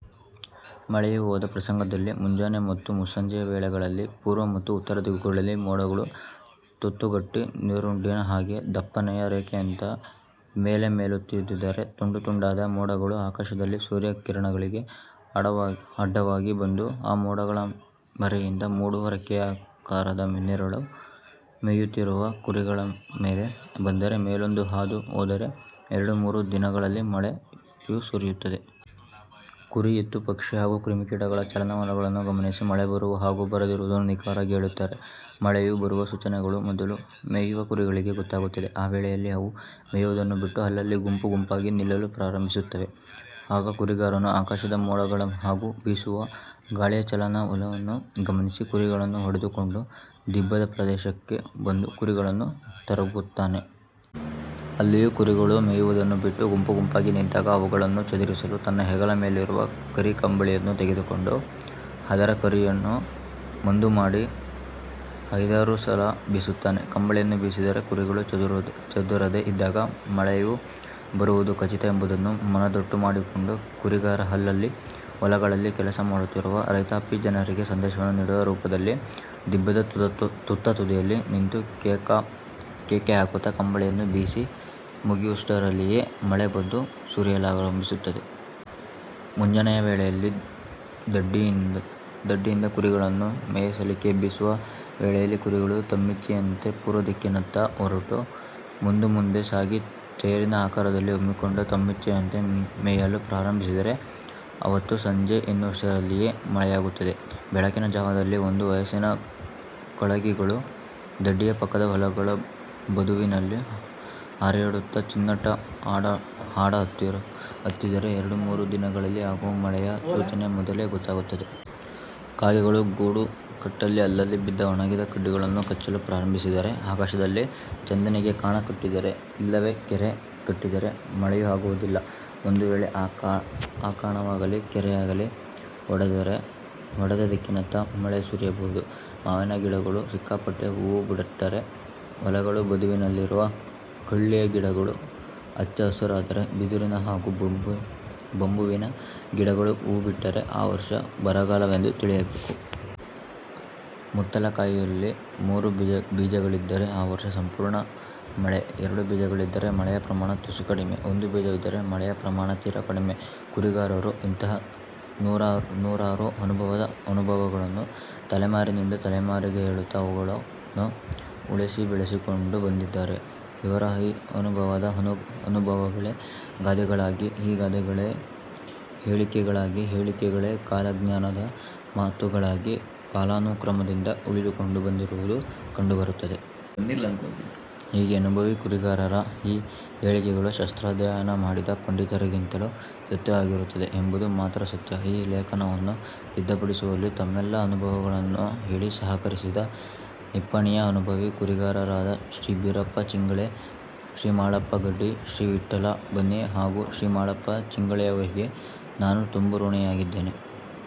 ಮಳೆಯು ಹೋದ ಪ್ರಸಂಗದಲ್ಲಿ ಮುಂಜಾನೆ ಮತ್ತು ಮುಸ್ಸಂಜೆಯ ವೇಳೆಗಳಲ್ಲಿ ಪೂರ್ವ ಮತ್ತು ಉತ್ತರ ದಿಕ್ಕುಗಳಲ್ಲಿ ಮೋಡಗಳು ತತ್ತುಗಟ್ಟಿ ನೀರೊಡ್ಡಿನ ಹಾಗೆ; ದಪ್ಪನೆಯ ರೇಖೆಯಂತೆ ಮೇಲೆ ಮೇಲೇಳುತ್ತಿದ್ದರೆ, ತುಂಡುತುಂಡಾದ ಮೋಡಗಳು ಆಕಾಶದಲ್ಲಿ ಸೂರ್ಯ ಕಿರಣಗಳಿಗೆ ಅಡ್ಡವಾಗಿ ಬಂದು; ಆ ಮೋಡಗಳ ಮರೆಯಿಂದ ಮೂಡುವ ರೆಕ್ಕೆಯಾಕಾರದ ನೆರಳು ಮೇಯ್ಯುತ್ತಿರುವ ಕುರಿಗಳ ಮೇಲೆ ಬಂದರೆ ಮೇಲೊಂದು ಹಾದು ಹೋದರೆ ಎರಡು ಮೂರು ದಿನಗಳಲ್ಲಿ ಮಳೆಯು ಸುರಿಯುತ್ತದೆ. ಕುರಿ, ಎತ್ತು, ಪಕ್ಷಿ ಹಾಗೂ ಕ್ರಿಮಿಕೀಟಗಳ ಚಲನವಲನಗಳನ್ನು ಗಮನಿಸಿ ಮಳೆಬರುವ ಹಾಗೂ ಬಾರದಿರುವುದನ್ನು ನಿಖರವಾಗಿ ಹೇಳುತ್ತಾರೆ, ಮಳೆಯು ಬರುವ ಸೂಚನೆಗಳು ಮೊದಲು ಮೇಯುವ ಕುರಿಗಳಿಗೆ ಗೊತ್ತಾಗುತ್ತದೆ. ಆ ವೇಳೆಯಲ್ಲಿ ಅವು ಮೇಯುವುದನ್ನು ಬಿಟ್ಟು ಅಲ್ಲಲ್ಲಿ ಗುಂಪು ಗುಂಪಾಗಿ ನಿಲ್ಲಲು ಪ್ರಾರಂಭಿಸುತ್ತವೆ. ಆಗ ಕುರಿಗಾರನು ಆಕಾಶದ ಮೋಡಗಳ ಹಾಗೂ ಬೀಸುವ ಗಾಳಿಯ ಚಲನವಲನವನ್ನು ಗಮನಿಸಿ, ಕುರಿಗಳನ್ನು ಹೊಡೆದುಕೊಂಡು ದಿಬ್ಬದ ಪ್ರದೇಶಕ್ಕೆ ಬಂದು ಕುರಿಗಳನ್ನು ತರಬುತ್ತಾನೆ. ಅಲ್ಲಿಯೂ ಕುರಿಗಳು ಮೇಯ್ಯುವುದನ್ನು ಬಿಟ್ಟು ಗುಂಪು ಗುಂಪಾಗಿ ನಿಂತಾಗ ಅವುಗಳನ್ನು ಚದುರಿಸಲು ತನ್ನ ಹೆಗಲ ಮೇಲಿರುವ ಕರಿ ಕಂಬಳಿಯನ್ನು ತೆಗೆದುಕೊಂಡು ಅದರ ಕರಿಯನ್ನು ಮುಂದು ಮಾಡಿ ಐದಾರು ಸಲ ಬೀಸುತ್ತಾನೆ. ಕಂಬಳಿಯನ್ನು ಬೀಸಿದರೆ ಕುರಿಗಳು ಚದುರದೇ ಇದ್ದಾಗ ಮಳೆಯು ಬರುವುದು ಖಚಿತ ಎಂಬುದನ್ನು ಮನದಟ್ಟು ಮಾಡಿಕೊಂಡು ಕುರಿಗಾರ ಅಲ್ಲಲ್ಲಿ ಹೊಲಗಳಲ್ಲಿ ಕೆಲಸ ಮಾಡುತ್ತಿರುವ ರೈತಾಪಿ ಜನರಿಗೆ ಸಂದೇಶವನ್ನು ನೀಡುವ ರೂಪದಲ್ಲಿ; ದಿಬ್ಬದ ತುತ್ತತುದಿಯಲ್ಲಿ ನಿಂತು ಕೇಕೆ ಹಾಕುತ್ತ ಕಂಬಳಿಯನ್ನು ಬೀಸಿ ಮುಗಿಸುವಷ್ಟರಲ್ಲಿಯೇ ಮಳೆ ಬಂದು ಸುರಿಯಲಾರಂಭಿಸುತ್ತದೆ. ಮುಂಜಾನೆಯ ವೇಳೆಯಲ್ಲಿ ದಡ್ಡಿಯಿಂದ ಕುರಿಗಳನ್ನು ಮೇಯಿಸಲಿಕ್ಕೆ ಎಬ್ಬಿಸುವ ವೇಳೆಯಲ್ಲಿ ಕುರಿಗಳು ತಮ್ಮಿಚ್ಛೆಯಂತೆ ಪೂರ್ವದಿಕ್ಕಿನತ್ತ ಹೊರಟು ಮುಂದೆ ಮುಂದೆ ಸಾಗಿ ತೇರಿನ ಆಕಾರದಲ್ಲಿ ಹಮ್ಮಿಕೊಂಡು ತಮ್ಮಿಚ್ಛೆಯಂತೆ ಮೇಯಲು ಪ್ರಾರಂಭಿಸಿದರೆ ಆವತ್ತು ಸಂಜೆ ಎನ್ನುವಷ್ಟರಲ್ಲಿಯೇ ಮಳೆಯಾಗುತ್ತದೆ. ಬೆಳಗಿನ ಜಾವದಲ್ಲಿ ಒಂದು ವಯಸ್ಸಿನ ಕಳಗಿಗಳು ದಡ್ಡಿಯ ಪಕ್ಕದ ಹೊಲಗಳ ಬದುವಿನಲ್ಲಿ ಹರ್ಯಾಡುತ್ತ ಚಿನ್ನಾಟ ಆಡಹತ್ತಿದರೆ ಎರಡು ಮೂರು ದಿನಗಳಲ್ಲಿ ಆಗುವ ಮಳೆಯ ಸೂಚನೆ ಮೊದಲೆ ಗೊತ್ತಾಗುತ್ತದೆ. ಕಾಗೆಗಳು ಗೂಡು ಕಟ್ಟಲಿ ಅಲ್ಲಲ್ಲಿ ಬಿದ್ದ ಒಣಗಿದ ಕಡ್ಡಿಗಳನ್ನು ಕಚ್ಚಲು ಪ್ರಾರಂಭಿಸಿದರೆ; ಆಕಾಶದಲ್ಲಿ ಚಂದನಿಗೆ ಕಣ ಕಟ್ಟಿದರೆ ಇಲ್ಲವೆ ಕೆರೆ ಕಟ್ಟಿದರೆ ಮಳೆಯು ಆಗುವುದಿಲ್ಲ. ಒಂದು ವೇಳೆ ಆ ಕಣವಾಗಲಿ, ಕೆರೆಯಾಗಲಿ ಒಡೆದರೆ ಒಡೆದ ದಿಕ್ಕಿನತ್ತ ಮಳೆ ಸುರಿಯಬಹುದು. ಮಾವಿನ ಗಿಡಗಳು ಸಿಕ್ಕಾಪಟ್ಟೆ ಹೂವು ಬಿಟ್ಟರೆ; ಹೊಲಗಳ ಬದುವಿನಲ್ಲಿರುವ ಕಳ್ಳಿಯ ಗಿಡಗಳು ಹಚ್ಚ ಹಸುರಾದರೆ; ಬಿದುರಿನ ಹಾಗೂ ಬಂಬುವಿನ ಗಿಡಗಳು ಹೂವು ಬಿಟ್ಟರೆ ಆ ವರ್ಷ ಬರಗಾಲವೆಂದು ತಿಳಿಯಬೇಕು. ಮುತ್ತಲ ಕಾಯಿಯಲ್ಲಿ ಮೂರು ಬೀಜಗಳಿದ್ದರೆ ಆ ವರ್ಷ ಸಂಪೂರ್ಣ ಮಳೆ; ಎರಡು ಬೀಜಗಳಿದ್ದರೆ ಮಳೆಯ ಪ್ರಮಾಣ ತುಸು ಕಡಿಮೆ; ಒಂದು ಬೀಜವಿದ್ದರೆ ಮಳೆಯ ಪ್ರಮಾಣ ತೀರ ಕಡಿಮೆ. ಕುರಿಗಾರರು ಇಂಥ ನೂರಾರು ಅನುಭಾವದ ಅನುಭವಗಳನ್ನು ತಲೆಮಾರಿನಿಂದ ತಲೆಮಾರಿಗೆ ಹೇಳುತ್ತ ಅವುಗಳನ್ನು ಉಳಿಸಿ ಬೆಳೆಸಿಕೊಂಡು ಬಂದಿದ್ದಾರೆ. ಇವರ ಈ ಅನುಭವದ ಅನುಭವಗಳೇ ಗಾದೆಗಳಾಗಿ, ಈ ಗಾದೆಗಳೆ ಹೇಳಿಕೆಗಳಾಗಿ, ಹೇಳಿಕೆಗಳೇ ಕಾಲಜ್ಞಾನದ ಮಾತುಗಳಾಗಿ ಕಾಲಾನುಕ್ರಮದಿಂದ ಉಳಿದುಕೊಂಡು ಬಂದಿರುವುದು ಕಂಡು ಬರುತ್ತದೆ. ಹೀಗೆ ಅನುಭವಿ ಕುರಿಗಾರರ ಈ ಹೇಳಿಕೆಗಳು ಶಾಸ್ತ್ರಾಧ್ಯಯನ ಮಾಡಿದ ಪಂಡಿತರಿಗಿಂತಲೂ ಸತ್ಯವಾಗಿರುತ್ತದೆ ಎಂಬುದು ಮಾತ್ರ ಸತ್ಯ.ಈ ಲೇಖನವನ್ನು ಸಿದ್ಧಪಡಿಸುವಲ್ಲಿ ತಮ್ಮೆಲ್ಲ ಅನುಭವಗಳನ್ನು ಹೇಳಿ ಸಹಕರಿಸಿದ ನಿಪ್ಪಾಣಿಯ ಅನುಭಾವಿ ಕುರಿಗಾರರಾದ ಶ್ರೀ ಬೀರಪ್ಪ ಚಿಂಗಳೆ, ಶ್ರೀ ಮಾಳಪ್ಪ ಗಡ್ಡಿ, ಶ್ರೀ ವಿಠ್ಠಲ ಬನ್ನಿ ಹಾಗೂ ಶ್ರೀ ಮಾಳಪ್ಪ ಚಿಂಗಳೆಯವರಿಗೆ ನಾನು ತುಂಬಾ ಋಣಿಯಾಗಿದ್ದೇನೆ.